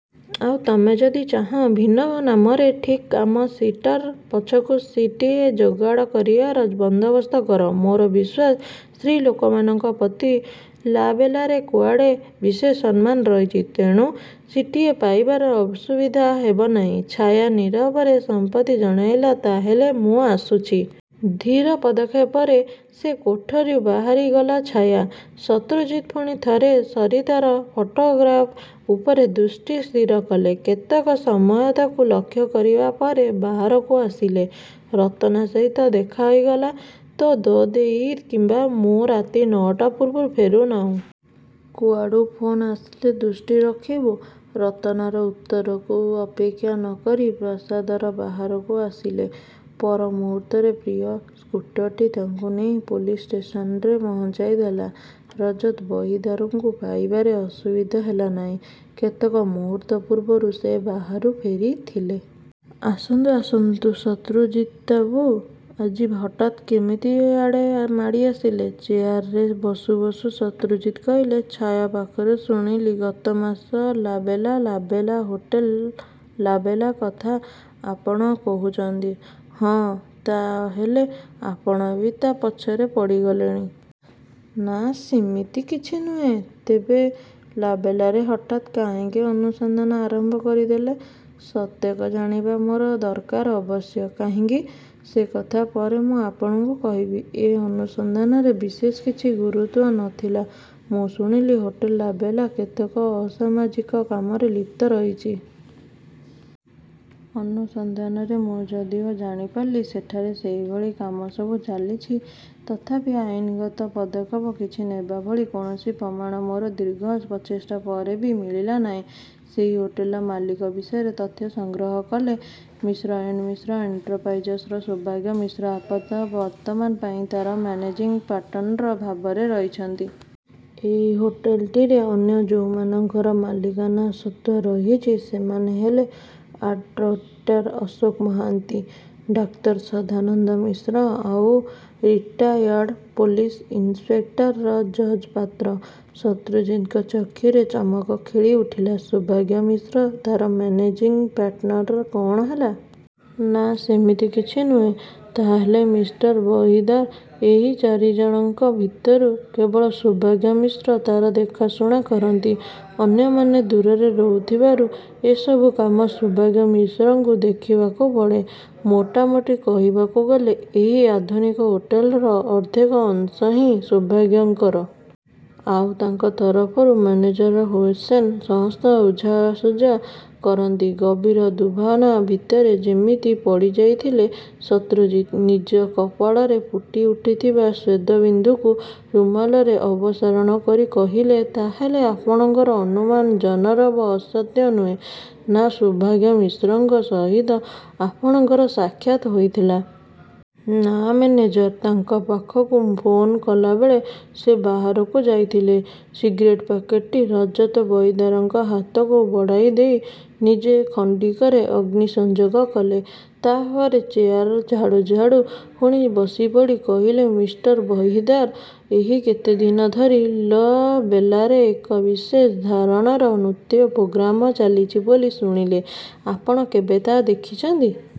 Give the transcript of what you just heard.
ଆଉ ତମେ ଯଦି ଚାହଁ, ଭିନ୍ନ ନାମରେ ଠିକ ଆମ ସିଟର ପଛକୁ ସିଟ୍ଟିଏ ଯୋଗାଡ଼ କରିବାର ବନ୍ଦୋବସ୍ତ କର। ମୋର ବିଶ୍ୱାସ, ସ୍ତ୍ରୀ ଲୋକମାନଙ୍କ ପ୍ରତି 'ଲା-ବେଲା'ରେ କୁଆଡ଼େ ବିଶେଷ ସମ୍ମାନ ରହିଛି। ତେଣୁ ସିଟ୍ଟିଏ ପାଇବାରେ ଅସୁବିଧା ହେବ ନାହିଁ। ଛାୟା ନୀରବରେ ସମ୍ମତି ଜଣେଇଲା ତା ହେଲେ ମୁଁ ଆସୁଛି। ଧୀର ପଦକ୍ଷେପରେ ସେ କୋଠରିରୁ ବାହାରିଗଲା ଛାୟା। ଶତ୍ରୁଜିତ୍ ପୁଣି ଥରେ ସରିତାର ଫଟୋଗ୍ରାଫ୍ ଉପରେ ଦୃଷ୍ଟି ସ୍ଥିର କଲେ। କେତେକ ସମୟ ତାକୁ ଲକ୍ଷ୍ୟ କରିବା ପରେ ବାହାରକୁ ଆସିଲେ। ରତନା ସହିତ ଦେଖା ହେଇଗଲା। ତୋ ଦେଈ କିମ୍ୱା ମୁଁ ରାତି ନଅଟା ପୂର୍ବରୁ ଫେରୁନାହୁଁ। କୁଆଡ଼ୁ ଫୋନ୍ ଆସିଲେ ଦୃଷ୍ଟି ରଖିବୁ। ରତନାର ଉତ୍ତରକୁ ଅପେକ୍ଷା ନ କରି ପ୍ରାସାଦର ବାହାରକୁ। ଆସିଲେ। ପର ମୁହୂର୍ତ୍ତରେ ପ୍ରିୟ ସ୍କୁଟରଟି ତାଙ୍କୁ ନେଇ ପୋଲିସ ଷ୍ଟେସନରେ ପହଞ୍ଚାଇଦେଲା। ରଜତ ବହିଦାରଙ୍କୁ ପାଇବାରେ ଅସୁବିଧା ହେଲା ନାହିଁ। କେତେକ ମୁହୂର୍ତ୍ତ ପୂର୍ବରୁ ସେ ବାହାରୁ ଫେରିଥିଲେ। ଆସନ୍ତୁ, ଆସନ୍ତୁ ଶତ୍ରୁଜିତ୍ବାବୁ, ଆଜି ହଠାତ୍ କେମିତି ଏଆଡ଼େ ମାଡ଼ିଆସିଲେ? ଚେୟାରରେ ବସୁ ବସୁ ଶତ୍ରୁଜିତ୍ କହିଲେ, ଛାୟା ପାଖରୁ ଶୁଣିଲି ଗତ ମାସ 'ଲା-ବେଲା' 'ଲା-ବେଲା' ହୋଟେଲ 'ଲା-ବେଲା' କଥା ଆପଣ କହୁଛନ୍ତି? ହଁ। ତା' ହେଲେ ଆପଣ ବି ତା ପଛରେ ପଡ଼ିଗଲେଣି? ନା, ସିମିତି କିଛି ନୁହେଁ। ତେବେ 'ଲା-ବେଲା'ରେ ହଠାତ୍ କାହିଁକି ଅନୁସନ୍ଧାନ ଆରମ୍ଭ କରିଦେଲେ ସେତକ ଜାଣିବା ମୋର ଦରକାର ଅବଶ୍ୟ। କାହିଁକି? ସେକଥା ପରେ ମୁଁ ଆପଣଙ୍କୁ କହିବି। ଏ ଅନୁସନ୍ଧାନରେ ବିଶେଷ କିଛି ଗୁରୁତ୍ୱ ନ ଥିଲା। ମୁଁ ଶୁଣିଲି, ହୋଟେଲ 'ଲା-ବେଲା' କେତେକ ଅସାମାଜିକ କାମରେ ଲିପ୍ତ ରହିଛି। ଅନୁସନ୍ଧାନରେ ମୁଁ ଯଦିଓ ଜାଣିପାରିଲି ସେଠାରେ ସେଇଭଳି କାମସବୁ ଚାଲିଛି, ତଥାପି ଆଇନଗତ ପଦକ୍ଷେପ କିଛି ନେବାଭଳି କୌଣସି ପ୍ରମାଣ ମୋର ଦୀର୍ଘ ପ୍ରଚେଷ୍ଟା ପରେ ବି ମିଳିଲା ନାହିଁ। ସେହି ହୋଟେଲର ମାଲିକ ବିଷୟରେ ତଥ୍ୟ ସଂଗ୍ରହ କଲେ । ମିଶ୍ର ଏଣ୍ତ ମିଶ୍ର ଏଣ୍ଟରପ୍ରାଇଜର୍ସର ସୌଭାଗ୍ୟ ମିଶ୍ର ଆପାତତଃ ବର୍ତ୍ତମାନ ପାଇଁ ତା'ର ମେନେଜିଂ ପାର୍ଟନର ଭାବରେ ରହିଛନ୍ତି। ଏହି ହୋଟେଲଟିରେ ଅନ୍ୟ ଯୋଉମାନଙ୍କର ମାଲିକାନା ସ୍ୱତ୍ୱ ରହିଛି ସେମାନେ ହେଲେ ଆଡ୍ଭୋକେଟ ଅଶୋକ ମହାନ୍ତି, ଡାକ୍ତର ସଦାନନ୍ଦ ମିଶ୍ର ଆଉ retired police inspector George Patra. ଶତ୍ରୁଜିତ୍ଙ୍କ ଚକ୍ଷୁରେ ଚମକ ଖେଳିଉଠିଲା ,ସୌଭାଗ୍ୟ ମିଶ୍ର ତା'ର ମେନେଜିଂ ପାର୍ଟନର! କ'ଣ ହେଲା? ନା, ସେମିତି କିଛି ନୁହେଁ। ତା' ହେଲେ ମିଷ୍ଟର ବହିଦାର, ଏଇ ଚାରିଜଣଙ୍କ ଭିତରୁ କେବଳ ସୌଭାଗ୍ୟ ମିଶ୍ର ତା'ର ଦେଖାଶୁଣା କରନ୍ତି। ଅନ୍ୟମାନେ ଦୂରରେ ରହୁଥିବାରୁ ଏ ସବୁ କାମ ସୌଭାଗ୍ୟ ମିଶ୍ରଙ୍କୁ ଦେଖିବାକୁ ପଡ଼େ। ମୋଟାମୋଟି କହିବାକୁ ଗଲେ ଏହି ଆଧୁନିକ ହୋଟେଲର ଅର୍ଦ୍ଧେକ ଅଂଶ ହିଁ ସୌଭାଗ୍ୟଙ୍କର। ଆଉ ତାଙ୍କ ତରଫରୁ ମେନେଜର ହୁସେନ ସମସ୍ତ ବୁଝାସୁଝା କରନ୍ତି। ଗଭୀର ଦୁର୍ଭାବନା ଭିତରେ ଯେମିତି ପଡ଼ିଯାଇଥିଲେ ଶତ୍ରୁଜିତ୍। ନିଜ କପାଳରେ ଫୁଟିଉଠୁଥିବା ସ୍ୱେଦବିନ୍ଦୁକୁ ରୁମାଲରେ ଅପସାରଣ କରି କହିଲେ ,ତା'ହେଲେ ଆପଣଙ୍କର ଅନୁମାନ ଜନରବ ଅସତ୍ୟ ନୁହେଁ? ନା ସୌଭାଗ୍ୟ ମିଶ୍ରଙ୍କ ସହିତ ଆପଣଙ୍କର ସାକ୍ଷାତ୍ ହେଇଥିଲା? ନା, ମେନେଜର ତାଙ୍କ ପାଖକୁ ଫୋନ୍ କଲାବେଳେ ସେ ବାହାରକୁ ଯାଇଥିଲେ। ସିଗାରେଟ ପ୍ୟାକେଟଟି ରଜତ ବହିଦାରଙ୍କ ହାତକୁ ବଢ଼ାଇଦେଇ ନିଜେ ଖଣ୍ତିକରେ ଅଗ୍ନି ସଂଯୋଗ କଲେ। ତା' ପରେ ଚେୟାର ଛାଡ଼ୁ ଛାଡ଼ୁ ପୁଣି ବସିପଡ଼ି କହିଲେ ମିଷ୍ଟର ବହିଦାର, ଏଇ କେତେଦିନ ଧରି 'ଲା-ବେଲା'ରେ ଏକ ବିଶେଷ ଧରଣର ନୃତ୍ୟ ପ୍ରୋଗ୍ରାମ ଚାଲିଛି ବୋଲି ଶୁଣିଲି। ଆପଣ କେବେ ତାହା ଦେଖିଛନ୍ତି?